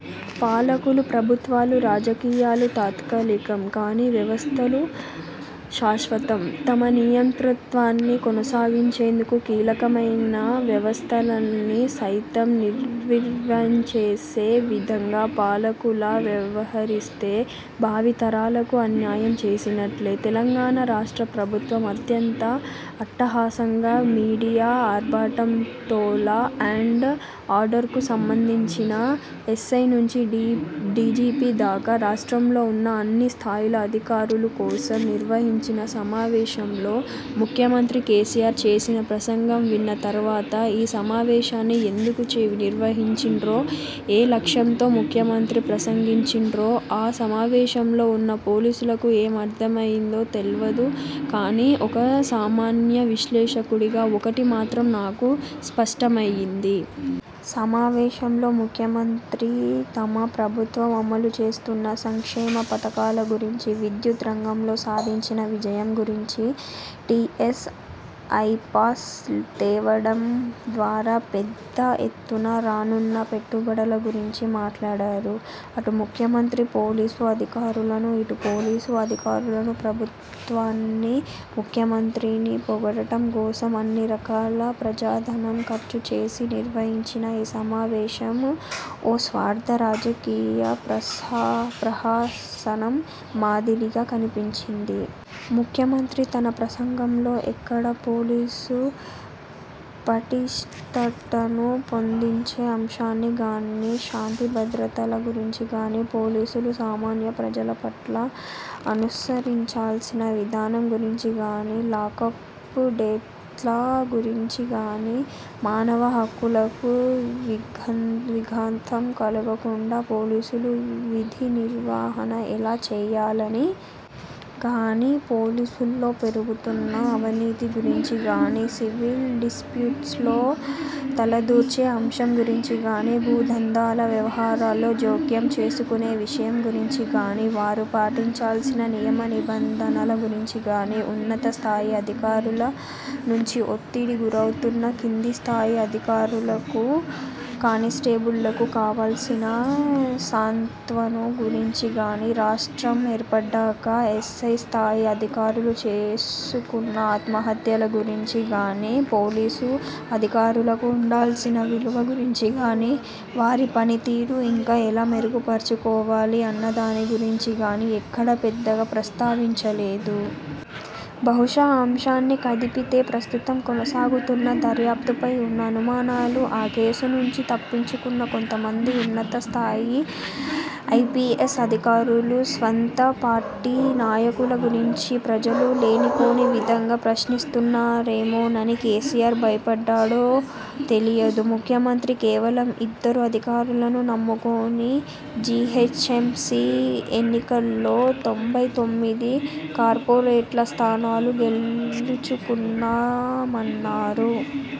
పాలకులు, ప్రభుత్వాలు, రాజకీయాలు తాత్కాలికం, కానీ వ్యవస్థలు శాశ్వతం. తమ నియంతృత్వాన్ని కొనసాగించేందుకు కీలకమైన వ్యవస్థల్ని సైతం నిర్వీర్వ్ంచేసే విధంగా పాలకుల వ్యవహరిస్తే, భావి తరాలకు అన్యాయం చేసినట్లే. తెలంగాణ రాష్ట్ర ప్రభుత్వం అత్యంత అట్టహాసంగా మీడియా ఆర్భాటంతోలా అండ్ ఆర్డర్కు సంబంధించిన ఎస్సై నుంచి డీ డీజీపీ దాకా రాష్ట్రంలో ఉన్న అన్ని స్థాయిల అధికారులు కోసం నిర్వహించిన సమావేశంలో ముఖ్యమంత్రి కేసీఆర్ చేసిన ప్రసంగం విన్న తర్వాత ఈ సమావేశాన్ని ఎందుకు చే నిర్వహించిండ్రో, ఏ లక్ష్యంతో ముఖ్యమంత్రి ప్రసంగించిండ్రో, ఆ సమావేశంలో ఉన్న పోలీసులకు ఏం అర్థం అయ్యిందో తెల్వదు కానీ, ఒక సామాన్య విశ్లేషకుడిగా ఒక్కటి మాత్రం నాకు స్పష్టమయ్యింది. సమావేశంలో ముఖ్యమంత్రి తమ ప్రభుత్వం అమలు చేస్తున్న సంక్షేమ పథకాల గురించి, విద్యుత్ రంగంలో సాధించిన విజయం గురించి, టీఎస్ ఐపాస్ తేవడం ద్వారా పెద్ద ఎత్తున రానున్న పెట్టుబడుల గురించి మాట్లాడారు. అటు ముఖ్యమంత్రి పోలీసు అధికారులను, ఇటు పోలీసు అధికారులను ప్రభుత్వాన్నీ ముఖ్యమంత్రినీ పొగడటం కోసం అన్ని రకాల ప్రజాధనం ఖర్చు చేసి నిర్వహించిన ఈ సమావేశం ఓ స్వార్థ రాజకీయ ప్రస ప్రహసనం మాదిరిగా కనిపించింది. ముఖ్యమంత్రి తన ప్రసంగంలో ఎక్కడా పోలీసు పటిష్ఠతను పొందించే అంశాన్ని గానీ, శాంతిభద్రతల గురించి గానీ, పోలీసులు సామాన్య ప్రజల పట్ల అనుసరించాల్సిన విధానం గురించి గానీ, లాకప్ డెట్ల గురించి గానీ, మానవ హక్కులకు విఘా విఘాతం కలుగకుండా పోలీసులు విధి నిర్వహణ ఎలా చేయాలని కానీ, పోలీసుల్లో పెరుగుతున్న అవనీతి గురించి గానీ, సివిల్ డిస్ప్యూట్స్లో తలదూర్చే అంశం గురించి గానీ, భూ దందాల వ్యవహారాల్లో జోక్యం చేసుకునే విషయం గురించి గానీ, వారు పాటించాల్సిన నియమనిబంధనల గురించి గానీ, ఉన్నత స్థాయి అధికారుల నుంచి ఒత్తిడి గురవుతున్న కింది స్థాయి అధికారులకూ కానిస్టేబుళ్ళకూ కావాల్సిన సాంత్వను గురించి గానీ, రాష్ట్రం ఏర్పడ్డాక ఎస్సై స్థాయి అధికారులు చేసుకున్న ఆత్మహత్యల గురించి గానీ, పోలీసు అధికారులకు ఉండాల్సిన విలువ గురించి గానీ, వారి పని తీరు ఇంకా ఎలా మెరుగుపర్చుకోవాలి అన్నదాని గురించి గానీ ఎక్కడా పెద్దగా ప్రస్తావించలేదు. బహుశా అంశాన్ని కదిపితే ప్రస్తుతం కొనసాగుతున్న దర్యాప్తుపై ఉన్న అనుమానాలు, ఆ కేసు నుంచి తప్పించుకున్న కొంతమంది ఉన్నత స్థాయి ఐపీఎస్ అధికారులు, స్వంత పార్టీ నాయకుల గురించి ప్రజలు లేనిపోని విధంగా ప్రశ్నిస్తరేమోనని కేసీఆర్ భయపడ్డడో తెలియదు. ముఖ్యమంత్రి కేవలం ఇద్దరు అధికారులను నమ్ముకొని జీహెచ్ఎంసీ ఎన్నికల్లో తొంబై తొమ్మిది కార్పొరేట్ల స్థానాలు గెలుచుకున్నామన్నారు.